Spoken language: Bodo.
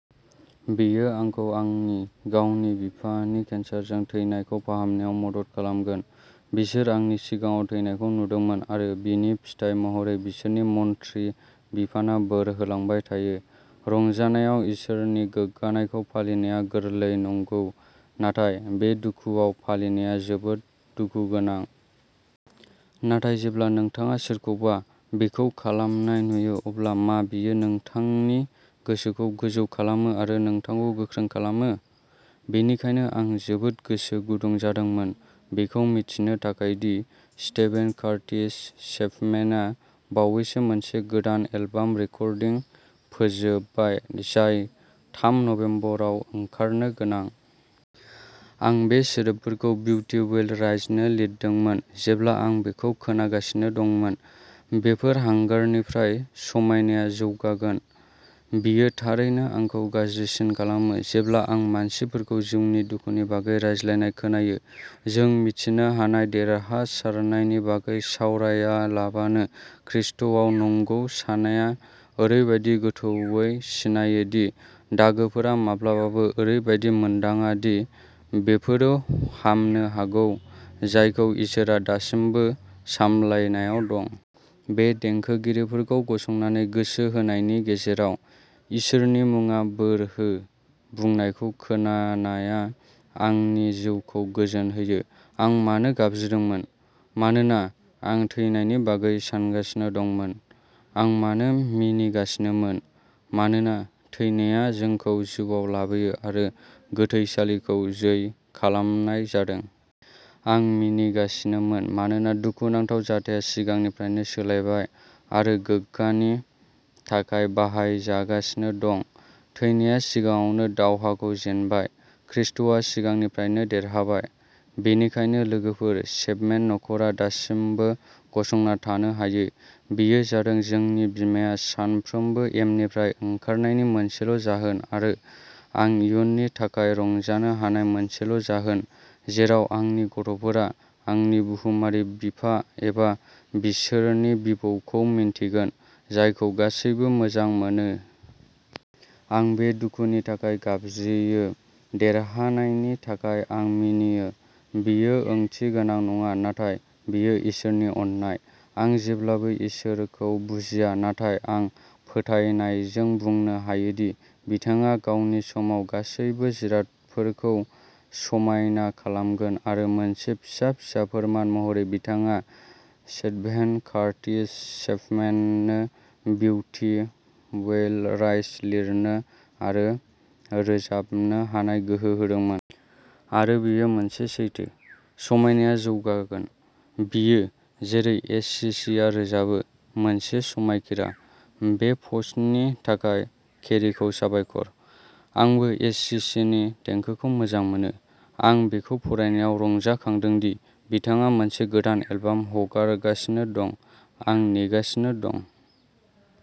बेयो आंखौ आंनि गावनि बिफानि केन्सारजों थैनायखौ फाहामनायाव मदद खालामगोन। बिसोर आंनि सिगाङाव थैनायखौ नुदोंमोन आरो बिनि फिथाइ महरै बिसोरनि मन्थ्रि बिफाना बोर होलांबाय थायो। रंजानायाव इसोरनि गोग्गानायखौ फालिनाया गोरलै नंगौ। नाथाय बे दुखुआव फालिनाया जोबोद दुखु गोनां। नाथाय जेब्ला नोंथाङा सोरखौबा बेखौ खालामनाय नुयो अब्ला मा बेयो नोंथांनि गोसोखौ गोजौ खालामो आरो नोंथांखौ गोख्रों खालामो? बेनिखायनो आं जोबोद गोसो गुदुं जादोंमोन बेखौ मिथिनो थाखाय दि स्टेभेन कार्टिस चेपमेनआ बावैसो मोनसे गोदान एलबाम रेकर्डिं फोजोबबाय जाय थाम नबेम्बर आव ओंखारनो गोनां। आं बे सोदोबफोरखौ बिउटि विल राइजनो लिरदोंमोन जेब्ला आं बेखौ खोनागासिनो दंमोन। बेफोर हांगारनिफ्राय समायनाया जौगागोन। बेयो थारैनो आंखौ गाज्रिसिन खालामो जेब्ला आं मानसिफोरखौ जिउनि दुखुनि बागै रायज्लायनाय खोनायो जों मिथिनो हानाय देरहासारनायनि बागै सावरायालाबानो ख्रीष्टआव नंगौ सानाया ओरैबादि गोथौवै सिनायो दि दागोफोरा माब्लाबाबो ओरैबादि मोनदाङा दि बेफोरो हामनो हागौ जायखौ इसोरआ दासिमबो सामलायनायाव दं। बे देंखोगिरिखौ गसंनानै गोसो होनायनि गेजेराव "इसोरनि मुङा बोर हो" बुंनायखौ खोनानाया आंनि जिउखौ गोजोन होयो। आं मानो गाबज्रिदोंमोन? मानोना आं थैनायनि बागै सानगासिनो दंमोन। आं मानो मिनिगासिनोमोन? मानोना थैनाया जोंखौ जिउआव लाबोयो आरो गोथैसालिखौ जै खालामनाय जादों। आं मिनिगासिनोमोन मानोना दुखुनांथाव जाथाया सिगांनिफ्रायनो सोलायबाय आरो गोग्गानि थाखाय बाहायजागासिनो दं। थैनाया सिगाङावनो दावहाखौ जेनबाय। ख्रीष्टआ सिगांनिफ्रायनो देरहाबाय। बेनिखायनो लोगोफोर चेपमेन न'खरा दासिमबो गसंना थानो हायो। बेयो जादों जोंनि बिमाया सानफ्रोमबो एमनिफ्राय ओंखारनायनि मोनसेल' जाहोन आरो आं इयुननि थाखाय रंजानो हानाय मोनसेल' जाहोन जेराव आंनि गथ'फोरा आंनि बुहुमारि बिफा एबा बिसोरनि बिबौखौ मिन्थिगोन जायखौ गासैबो मोजां मोनो। आं बे दुखुनि थाखाय गाबज्रियो। देरहानायनि थाखाय आं मिनियो। बेयो ओंथिगोनां नङा नाथाय बेयो इसोरनि अननाय। आं जेब्लाबो इसोरखौ बुजिया नाथाय आं फोथायनायजों बुंनो हायोदि बिथाङा गावनि समाव गासैबो जिरादफोरखौ समायना खालामगोन आरो मोनसे फिसा फिसा फोरमान महरै बिथाङा स्टेभेन कार्टिस चेपमेननो बिउटि उइल राइज लिरनो आरो रोजाबनो हानाय गोहो होदोंमोन। आरो बेयो मोनसे सैथो। समायनाया जौगागोन। बेयो, जेरै एस. सि. सि. आ रोजाबो "मोनसे समायखिरा" बे पस्टनि थाखाय केरिखौ साबायखर। आंबो एस. सि. सि. नि देंखोखौ मोजां मोनो। आं बेखौ फरायनायाव रंजाखांदों दि बिथाङा मोनसे गोदान एलबाम हगारगासिनो दं। आं नेगासिनो दं।